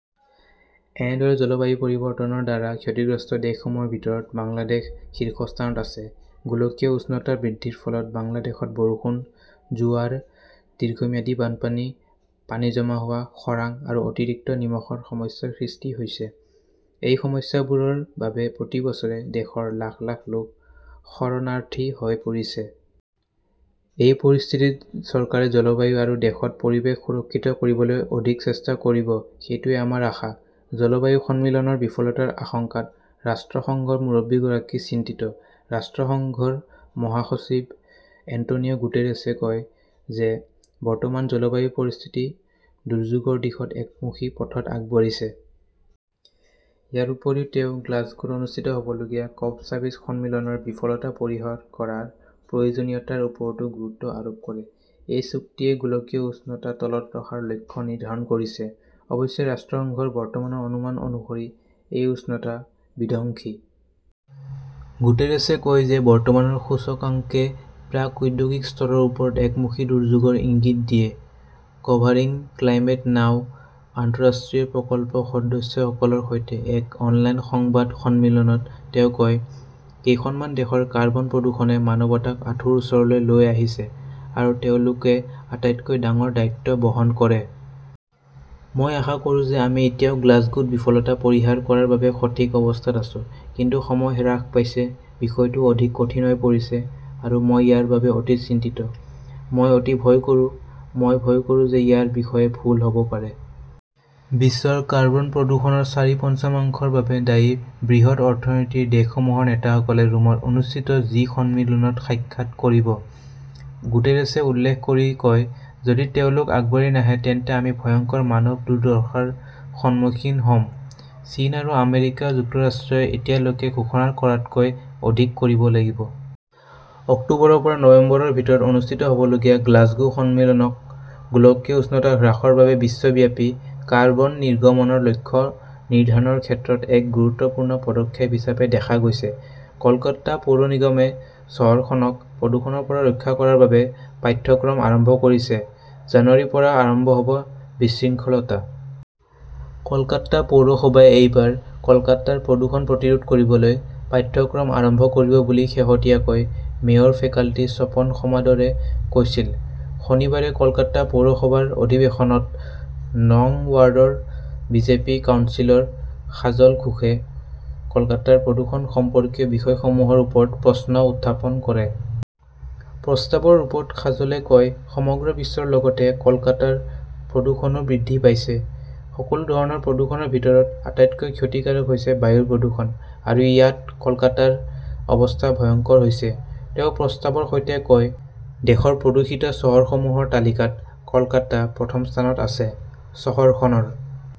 এনেদৰেই জলবায়ু পৰিৱৰ্তনৰ দ্বাৰা ক্ষতিগ্ৰস্ত দেশসমূহৰ ভিতৰত বাংলাদেশ শীৰ্ষস্থানত আছে। গোলকীয় উষ্ণতা বৃদ্ধিৰ ফলত বাংলাদেশত বৰষুণ, জোৱাৰ, দীৰ্ঘম্যাদী বানপানী, পানী জমা হোৱা, খৰাং আৰু অতিৰিক্ত নিমখৰ সমস্যাৰ সৃষ্টি হৈছে। এই সমস্যাবোৰৰ বাবে প্ৰতি বছৰে দেশৰ লাখ লাখ লোক শৰণাৰ্থী হৈ পৰিছে। এই পৰিস্থিতিত চৰকাৰে জলবায়ু আৰু দেশত পৰিৱেশ সুৰক্ষিত কৰিবলৈ অধিক চেষ্টা কৰিব-সেইটোৱেই আমাৰ আশা। জলবায়ু সন্মিলনৰ বিফলতাৰ আশংকাত ৰাষ্ট্ৰসংঘৰ মুৰব্বীগৰাকী চিন্তিত। ৰাষ্ট্ৰসংঘৰ মহাসচিব এন্টোনিও গুটেৰেছে কয় যে বৰ্তমানৰ জলবায়ু পৰিস্থিতি "দুৰ্যোগৰ দিশত একমুখী পথত আগবাঢ়িছে"। ইয়াৰ উপৰিও তেওঁ গ্লাছগোত অনুষ্ঠিত হ'বলগীয়া কপ ছাবিছ সন্মিলনৰ "বিফলতা পৰিহাৰ কৰা" ৰ প্ৰয়োজনীয়তাৰ ওপৰতো গুৰুত্ব আৰোপ কৰে। এই চুক্তিয়ে গোলকীয় উষ্ণতা তলত ৰখাৰ লক্ষ্য নিৰ্ধাৰণ কৰিছে। অৱশ্যে, ৰাষ্ট্ৰসংঘৰ বৰ্তমানৰ অনুমান অনুসৰি এই উষ্ণতা "বিধ্বংসী" । গুটেৰেছে কয় যে বৰ্তমানৰ সূচকাংকে প্ৰাক-ঔদ্যোগিক স্তৰৰ ওপৰত একমুখী দুৰ্যোগৰ ইংগিত দিয়ে। 'কভাৰিং ক্লাইমেট নাও "আন্তঃৰাষ্ট্ৰীয় প্ৰকল্পৰ সদস্যসকলৰ সৈতে এক অনলাইন সংবাদ সন্মিলনত তেওঁ কয়," কেইখনমান দেশৰ কাৰ্বন প্ৰদূষণে মানৱতাক আঁঠুৰ ওচৰলৈ লৈ আহিছে আৰু তেওঁলোকে আটাইতকৈ ডাঙৰ দায়িত্ব বহন কৰে। "মই আশা কৰোঁ যে আমি এতিয়াও গ্লাছগোত বিফলতা পৰিহাৰ কৰাৰ বাবে সঠিক অৱস্থাত আছো, কিন্তু সময় হ্ৰাস পাইছে, বিষয়টো অধিক কঠিন হৈ পৰিছে আৰু মই ইয়াৰ বাবে অতি চিন্তিত। মই অতি ভয় কৰোঁ, মই ভয় কৰোঁ যে ইয়াৰ বিষয়ে ভুল হ 'ব পাৰে। "বিশ্বৰ কাৰ্বন প্ৰদূষণৰ চাৰি-পঞ্চমাংশৰ বাবে দায়ী বৃহৎ অৰ্থনীতিৰ দেশসমূহৰ নেতাসকলে ৰোমত অনুষ্ঠিত জি- সন্মিলনত সাক্ষাৎ কৰিব। "গুটেৰেছে উল্লেখ কৰি কয়", "যদি তেওঁলোক আগবাঢ়ি নাহে তেন্তে আমি ভয়ংকৰ মানৱ দুৰ্দশাৰ সন্মুখীন হ" ম। " "চীন আৰু আমেৰিকা যুক্তৰাষ্ট্ৰই এতিয়ালৈকে ঘোষণা কৰাতকৈ অধিক কৰিব লাগিব। " অক্টোবৰৰ পৰা নৱেম্বৰৰ ভিতৰত অনুষ্ঠিত হ" বলগীয়া গ্লাছগো সন্মিলনক গোলকীয় উষ্ণতা হ্ৰাসৰ বাবে বিশ্বব্যাপী কাৰ্বন নিৰ্গমনৰ লক্ষ্য নিৰ্ধাৰণৰ ক্ষেত্ৰত এক গুৰুত্বপূৰ্ণ পদক্ষেপ হিচাপে দেখা গৈছে। কলকাতা পৌৰ নিগমে চহৰখনক প্ৰদূষণৰ পৰা ৰক্ষা কৰাৰ বাবে পাঠ্যক্ৰম আৰম্ভ কৰিছে, জানুৱাৰীৰ পৰা আৰম্ভ হ 'ব বিশৃংখলতা। কলকাতা পৌৰসভাই এইবাৰ কলকাতাৰ প্ৰদূষণ প্ৰতিৰোধ কৰিবলৈ পাঠ্যক্ৰম আৰম্ভ কৰিব বুলি শেহতীয়াকৈ মেয়ৰ ফেকাল্টি স্বপন সমাদৰে কৈছিল। শনিবাৰে কলকাতা পৌৰসভাৰ অধিৱেশনত নং ৱাৰ্ডৰ বিজেপি কাউন্সিলৰ সাজল ঘোষে কলকাতাৰ প্ৰদূষণ সম্পৰ্কীয় বিষয়সমূহৰ ওপৰত প্ৰশ্ন উত্থাপন কৰে। প্ৰস্তাৱৰ ৰূপত সাজলে কয়, "সমগ্ৰ বিশ্বৰ লগতে কলকাতাৰ প্ৰদূষণো বৃদ্ধি পাইছে। সকলো ধৰণৰ প্ৰদূষণৰ ভিতৰত আটাইতকৈ ক্ষতিকাৰক হৈছে বায়ু প্ৰদূষণ, আৰু ইয়াত কলকাতাৰ অৱস্থা ভয়ংকৰ হৈছে। তেওঁ প্ৰস্তাৱৰ সৈতে কয় "দেশৰ প্ৰদূষিত চহৰসমূহৰ তালিকাত কলকাতা প্ৰথম স্থানত আছে", । চহৰখনৰ